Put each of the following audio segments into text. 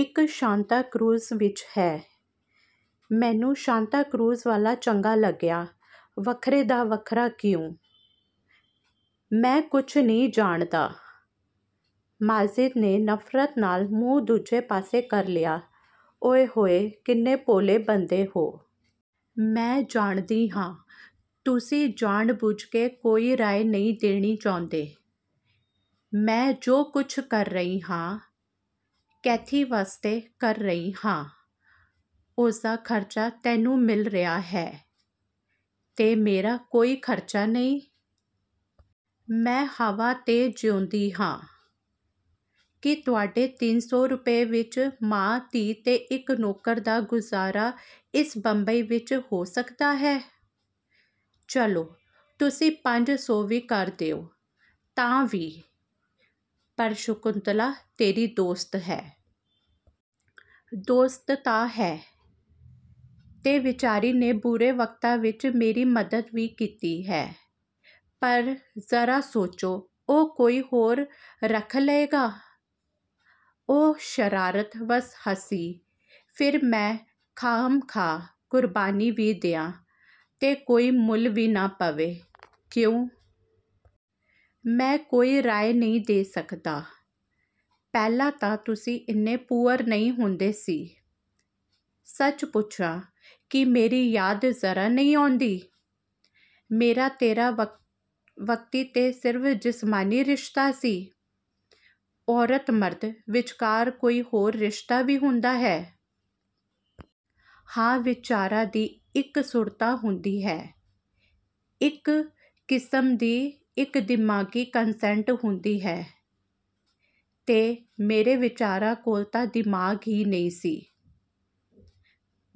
"ਇੱਕ ਸ਼ਾਂਤਾ ਕਰੂਜ਼ ਵਿੱਚ ਹੈ। ਮੈਨੂੰ ਸ਼ਾਂਤਾ ਕਰੂਜ਼ ਵਾਲਾ ਚੰਗਾ ਲੱਗਿਆ। ਵੱਖਰੇ ਦਾ ਵੱਖਰਾ, ਕਿਉਂ?" "ਮੈਂ ਕੁਝ ਨਹੀਂ ਜਾਣਦਾ।" ਮਾਜਿਦ ਨੇ ਨਫ਼ਰਤ ਨਾਲ ਮੂੰਹ ਦੂਜੇ ਪਾਸੇ ਕਰ ਲਿਆ। "ਓਇ-ਹੋਇ, ਕਿੰਨੇ ਭੋਲੇ ਬਣਦੇ ਹੋ! ਮੈਂ ਜਾਣਦੀ ਹਾਂ, ਤੁਸੀਂ ਜਾਣ-ਬੁੱਝ ਕੇ ਕੋਈ ਰਾਏ ਨਹੀਂ ਦੇਣੀ ਚਾਹੁੰਦੇ। ਮੈਂ ਜੋ ਕੁਝ ਕਰ ਰਹੀ ਹਾਂ, ਕੈਥੀ ਵਾਸਤੇ ਕਰ ਰਹੀ ਹਾਂ।" "ਉਸਦਾ ਖਰਚਾ ਤੈਨੂੰ ਮਿਲ ਰਿਹਾ ਹੈ।" "ਤੇ ਮੇਰਾ ਕੋਈ ਖਰਚਾ ਨਹੀਂ? ਮੈਂ ਹਵਾ 'ਤੇ ਜਿਊਂਦੀ ਹਾਂ? ਕੀ ਤੁਹਾਡੇ ਤਿੰਨ ਸੌ ਰੁਪਏ ਵਿੱਚ ਮਾਂ-ਧੀ ਤੇ ਇੱਕ ਨੌਕਰ ਦਾ ਗੁਜ਼ਾਰਾ ਇਸ ਬੰਬਈ ਵਿੱਚ ਹੋ ਸਕਦਾ ਹੈ? ਚਲੋ ਤੁਸੀਂ ਪੰਜ ਸੌ ਵੀ ਕਰ ਦਿਓ, ਤਾਂ ਵੀ?" "ਪਰ ਸ਼ਕੁੰਤਲਾ ਤੇਰੀ ਦੋਸਤ ਹੈ।" "ਦੋਸਤ ਤਾਂ ਹੈ, ਤੇ ਵਿਚਾਰੀ ਨੇ ਬੁਰੇ ਵਕਤਾਂ ਵਿੱਚ ਮੇਰੀ ਮਦਦ ਵੀ ਕੀਤੀ ਹੈ ਪਰ ਜ਼ਰਾ ਸੋਚੋ, ਉਹ ਕੋਈ ਹੋਰ ਰੱਖ ਲਏਗਾ।" ਉਹ ਸ਼ਰਾਰਤ ਵੱਸ ਹੱਸੀ, "ਫਿਰ ਮੈਂ ਖਾਹਮ-ਖਾਹ ਕੁਰਬਾਨੀ ਵੀ ਦਿਆਂ ਤੇ ਕੋਈ ਮੁੱਲ ਵੀ ਨਾ ਪਵੇ, ਕਿਉਂ?" "ਮੈਂ ਕੋਈ ਰਾਏ ਨਹੀਂ ਦੇ ਸਕਦਾ।" "ਪਹਿਲਾਂ ਤਾਂ ਤੁਸੀਂ ਇੰਨੇ 'ਪੁਅਰ' ਨਹੀਂ ਹੁੰਦੇ ਸੀ। ਸੱਚ ਪੁੱਛਾਂ, ਕੀ ਮੇਰੀ ਯਾਦ ਜ਼ਰਾ ਨਹੀਂ ਆਉਂਦੀ?" "ਮੇਰਾ ਤੇਰਾ ਵਕਤੀ ਤੇ ਸਿਰਫ਼ ਜਿਸਮਾਨੀ ਰਿਸ਼ਤਾ ਸੀ।" "ਔਰਤ-ਮਰਦ ਵਿੱਚਕਾਰ ਕੋਈ ਹੋਰ ਰਿਸ਼ਤਾ ਵੀ ਹੁੰਦਾ ਹੈ?" "ਹਾਂ, ਵਿਚਾਰਾਂ ਦੀ ਇਕਸੁਰਤਾ ਹੁੰਦੀ ਹੈ, ਇੱਕ ਕਿਸਮ ਦੀ, ਇੱਕ ਦਿਮਾਗ਼ੀ ਕਨਸੈਂਟ ਹੁੰਦੀ ਹੈ।" "ਤੇ ਮੇਰੇ ਵਿਚਾਰਾਂ ਕੋਲ ਤਾਂ ਦਿਮਾਗ਼ ਹੀ ਨਹੀਂ ਸੀ।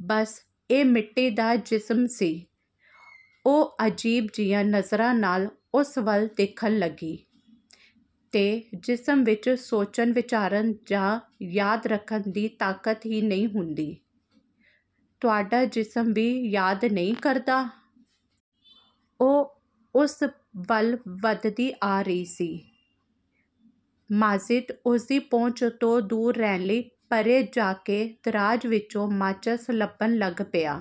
ਬੱਸ ਇਹ ਮਿੱਟੀ ਦਾ ਜਿਸਮ ਸੀ" ਉਹ ਅਜੀਬ ਜਿਹੀਆਂ ਨਜ਼ਰਾਂ ਨਾਲ ਉਸ ਵੱਲ ਦੇਖਣ ਲੱਗੀ, "ਤੇ ਜਿਸਮ ਵਿੱਚ ਸੋਚਣ-ਵਿਚਾਰਨ ਜਾਂ ਯਾਦ ਰੱਖਣ ਦੀ ਤਾਕਤ ਹੀ ਨਹੀਂ ਹੁੰਦੀ, ਤੁਹਾਡਾ ਜਿਸਮ ਵੀ ਯਾਦ ਨਹੀਂ ਕਰਦਾ?" ਉਹ ਉਸ ਵੱਲ ਵਧਦੀ ਆ ਰਹੀ ਸੀ। ਮਾਜਿਦ ਉਸਦੀ ਪਹੁੰਚ ਤੋਂ ਦੂਰ ਰਹਿਣ ਲਈ ਪਰ੍ਹੇ ਜਾ ਕੇ ਦਰਾਜ਼ ਵਿੱਚੋਂ ਮਾਚਸ ਲੱਭਣ ਲੱਗ ਪਿਆ।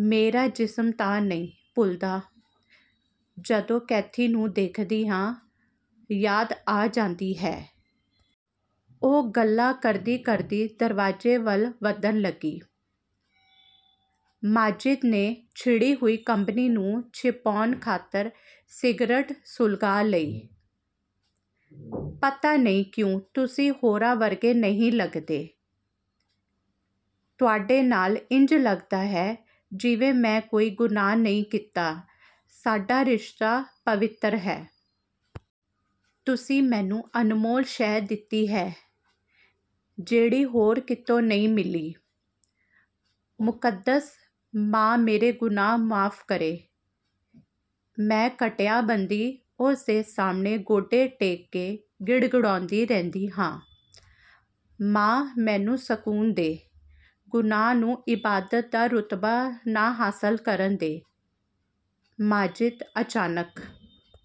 "ਮੇਰਾ ਜਿਸਮ ਤਾਂ ਨਹੀਂ ਭੁੱਲਦਾ, ਜਦੋਂ ਕੈਥੀ ਨੂੰ ਦੇਖਦੀ ਹਾਂ ਯਾਦ ਆ ਜਾਂਦੀ ਹੈ।" ਉਹ ਗੱਲਾਂ ਕਰਦੀ-ਕਰਦੀ ਦਰਵਾਜ਼ੇ ਵੱਲ ਵਧਣ ਲੱਗੀ। ਮਾਜਿਦ ਨੇ ਛਿੜੀ ਹੋਈ ਕੰਬਣੀ ਨੂੰ ਛਿਪਾਉਣ ਖਾਤਰ ਸਿਗਰਟ ਸੁਲਗਾ ਲਈ। "ਪਤਾ ਨਹੀਂ ਕਿਉਂ ਤੁਸੀਂ ਹੋਰਾਂ ਵਰਗੇ ਨਹੀਂ ਲੱਗਦੇ! ਤੁਹਾਡੇ ਨਾਲ ਇੰਜ ਲੱਗਦਾ ਹੈ ਜਿਵੇਂ ਮੈਂ ਕੋਈ ਗੁਨਾਹ ਨਹੀਂ ਕੀਤਾ, ਸਾਡਾ ਰਿਸ਼ਤਾ ਪਵਿੱਤਰ ਹੈ। ਤੁਸੀਂ ਮੈਨੂੰ ਅਨਮੋਲ ਸ਼ੈਅ ਦਿੱਤੀ ਹੈ, ਜਿਹੜੀ ਹੋਰ ਕਿਤੋਂ ਨਹੀਂ ਮਿਲੀ। ਮੁਕੱਦਸ ਮਾਂ ਮੇਰੇ ਗੁਨਾਹ ਮੁਆਫ਼ ਕਰੇ, ਮੈਂ ਘੰਟਿਆਂਬੱਧੀ ਉਸ ਦੇ ਸਾਹਮਣੇ ਗੋਡੇ ਟੇਕ ਕੇ ਗਿੜਗਿੜਾਉਂਦੀ ਰਹਿੰਦੀ ਹਾਂ,'ਮਾਂ ਮੈਨੂੰ ਸਕੂਨ ਦੇ, ਗੁਨਾਹ ਨੂੰ ਇਬਾਦਤ ਦਾ ਰੁਤਬਾ ਨਾ ਹਾਸਲ ਕਰਨ ਦੇ।' ਮਾਜਿਦ।" ਅਚਾਨਕ